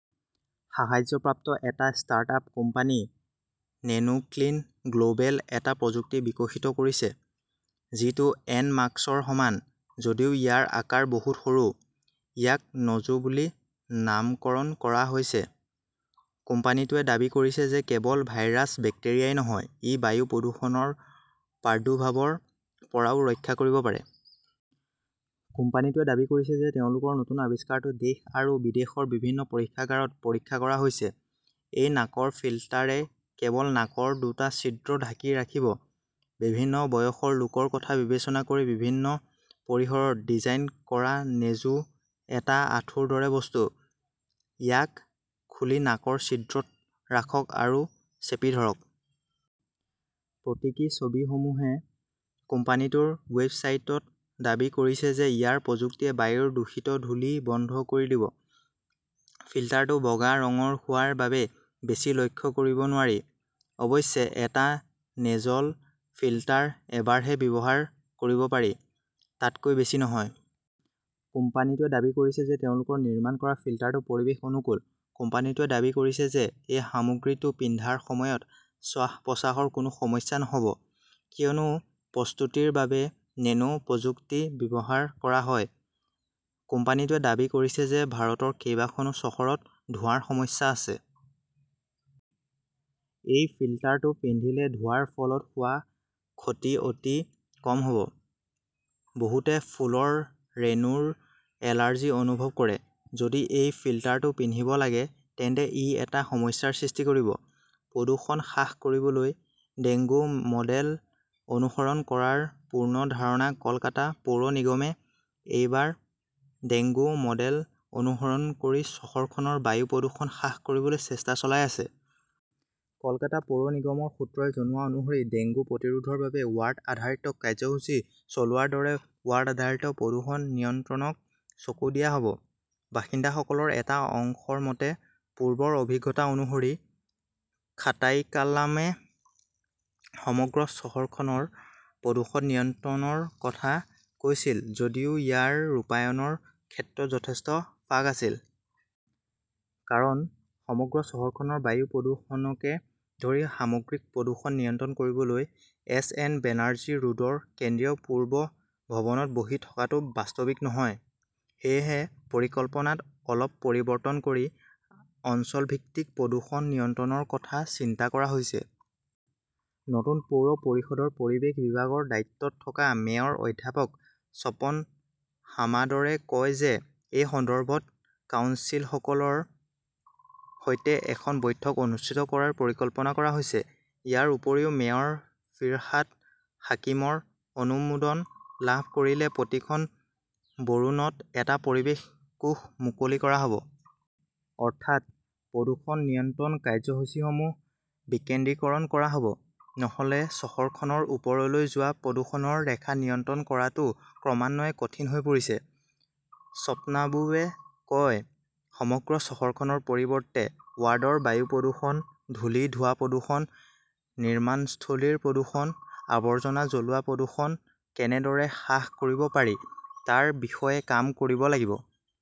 সাহায্যপ্ৰাপ্ত এটা startup company Nanoclean গ্লবেলে এটা প্ৰযুক্তি বিকশিত কৰিছে, যিটো এন- মাস্কৰ সমান, যদিও ইয়াৰ আকাৰ বহুত সৰু। ইয়াক নজো‌ বুলি নামকৰণ কৰা হৈছে। কোম্পানীটোৱে দাবী কৰিছে যে কেৱল ভাইৰাছ-বেক্টেৰিয়াই নহয়, ই বায়ু প্ৰদূষণৰ প্ৰাদুৰ্ভাৱৰ পৰাও ৰক্ষা কৰিব পাৰে। কোম্পানীটোৱে দাবী কৰিছে যে তেওঁলোকৰ নতুন আৱিষ্কাৰটো দেশ আৰু বিদেশৰ বিভিন্ন পৰীক্ষাগাৰত পৰীক্ষা কৰা হৈছে। এই নাকৰ ফিল্টাৰে কেৱল নাকৰ দুটা ছিদ্ৰ ঢাকি ৰাখিব। বিভিন্ন বয়সৰ লোকৰ কথা বিবেচনা কৰি বিভিন্ন পৰিসৰত ডিজাইন কৰা নেজো- এটা আঠুৰ দৰে বস্তু, ইয়াক খুলি নাকৰ ছিদ্ৰত ৰাখক আৰু চেপি ধৰক। প্ৰতীকী ছবিসমূহে কোম্পানীটোৰ ৱেবছাইটত দাবী কৰিছে যে ইয়াৰ প্ৰযুক্তিয়ে বায়ুৰ দূষিত ধূলি বন্ধ কৰি দিব। ফিল্টাৰটো বগা ৰঙৰ হোৱাৰ বাবে বেছি লক্ষ্য কৰিব নোৱাৰি। অৱশ্যে, এটা নেজল ফিল্টাৰ এবাৰহে ব্যৱহাৰ কৰিব পাৰি, তাতকৈ বেছি নহয়। কোম্পানীটোৱে দাবী কৰিছে যে তেওঁলোকে নিৰ্মাণ কৰা ফিল্টাৰটো পৰিৱেশ অনুকূল। কোম্পানীটোৱে দাবী কৰিছে যে এই সামগ্ৰীটো পিন্ধাৰ সময়ত শ্বাস-প্ৰশ্বাসৰ কোনো সমস্যা নহ 'ব কিয়নো প্ৰস্তুতিৰ বাবে নেনো প্ৰযুক্তি ব্যৱহাৰ কৰা হয়। কোম্পানীটোৱে দাবী কৰিছে যে ভাৰতৰ কেইবাখনো চহৰত ধোঁৱাৰ সমস্যা আছে। এই ফিল্টাৰটো পিন্ধিলে ধোঁৱাৰ ফলত হোৱা ক্ষতি অতি কম হ'ব। বহুতে ফুলৰ ৰেনোৰ এলাৰ্জি অনুভৱ কৰে। যদি এই ফিল্টাৰটো পিন্ধিব লাগে তেন্তে ই এটা সমস্যাৰ সৃষ্টি কৰিব। প্ৰদূষণ হ্ৰাস কৰিবলৈ ডেংগু-মডেল অনুসৰণ কৰাৰ পূৰ্ণ ধাৰণা কলকাতা পৌৰ নিগমে এইবাৰ ডেংগু মডেল অনুসৰণ কৰি চহৰখনৰ বায়ু প্ৰদূষণ হ্ৰাস কৰিবলৈ চেষ্টা চলাই আছে। কলকাতা পৌৰ নিগমৰ সূত্ৰই জনোৱা অনুসৰি ডেংগু প্ৰতিৰোধৰ বাবে ৱাৰ্ড-আধাৰিত কাৰ্যসূচী চলোৱাৰ দৰে ৱাৰ্ড-আধাৰিত প্ৰদূষণ নিয়ন্ত্ৰণক চকু দিয়া হ'ব। বাসিন্দাসকলৰ এটা অংশৰ মতে, পূৰ্বৰ অভিজ্ঞতা অনুসৰি, খাতাইকালামে সমগ্ৰ চহৰখনৰ প্ৰদূষণ নিয়ন্ত্ৰণৰ কথা কৈছিল যদিও ইয়াৰ ৰূপায়ণৰ ক্ষেত্ৰত যথেষ্ট ফাঁক আছিল। কাৰণ, সমগ্ৰ চহৰখনৰ বায়ু প্ৰদূষণকে ধৰি সামগ্ৰিক প্ৰদূষণ নিয়ন্ত্ৰণ কৰিবলৈ এছ. এন. বেনাৰ্জী ৰোডৰ কেন্দ্ৰীয় পূৰ্ব ভৱনত বহি থকাটো বাস্তৱিক নহয়। সেয়েহে পৰিকল্পনাত অলপ পৰিৱৰ্তন কৰি অঞ্চলভিত্তিক প্ৰদূষণ নিয়ন্ত্ৰণৰ কথা চিন্তা কৰা হৈছে। নতুন পৌৰ পৰিষদৰ পৰিৱেশ বিভাগৰ দায়িত্বত থকা মেয়ৰ অধ্যাপক স্বপন সামাদৰে কয় যে এই সন্দৰ্ভত কাউন্সিলসকলৰ সৈতে এখন বৈঠক অনুষ্ঠিত কৰাৰ পৰিকল্পনা কৰা হৈছে। ইয়াৰ উপৰিও মেয়ৰ ফিৰহাদ হাকিমৰ অনুমোদন লাভ কৰিলে প্ৰতিখন বৰোণত এটা পৰিৱেশ কোষ মুকলি কৰা হ'ব। অৰ্থাৎ, প্ৰদূষণ নিয়ন্ত্ৰণ কাৰ্যসূচীসমূহ বিকেন্দ্ৰীকৰণ কৰা হ'ব। নহ'লে চহৰখনৰ ওপৰলৈ যোৱা প্ৰদূষণৰ ৰেখা নিয়ন্ত্ৰণ কৰাটো ক্ৰমান্বয়ে কঠিন হৈ পৰিছে। স্বপ্নাবুবে কয়, সমগ্ৰ চহৰখনৰ পৰিৱৰ্তে ৱাৰ্ডৰ বায়ু প্ৰদূষণ, ধূলি-ধোঁৱা প্ৰদূষণ, নিৰ্মাণস্থলীৰ প্ৰদূষণ, আৱৰ্জনা জ্বলোৱা প্ৰদূষণ কেনেদৰে হ্ৰাস কৰিব পাৰি তাৰ বিষয়ে কাম কৰিব লাগিব।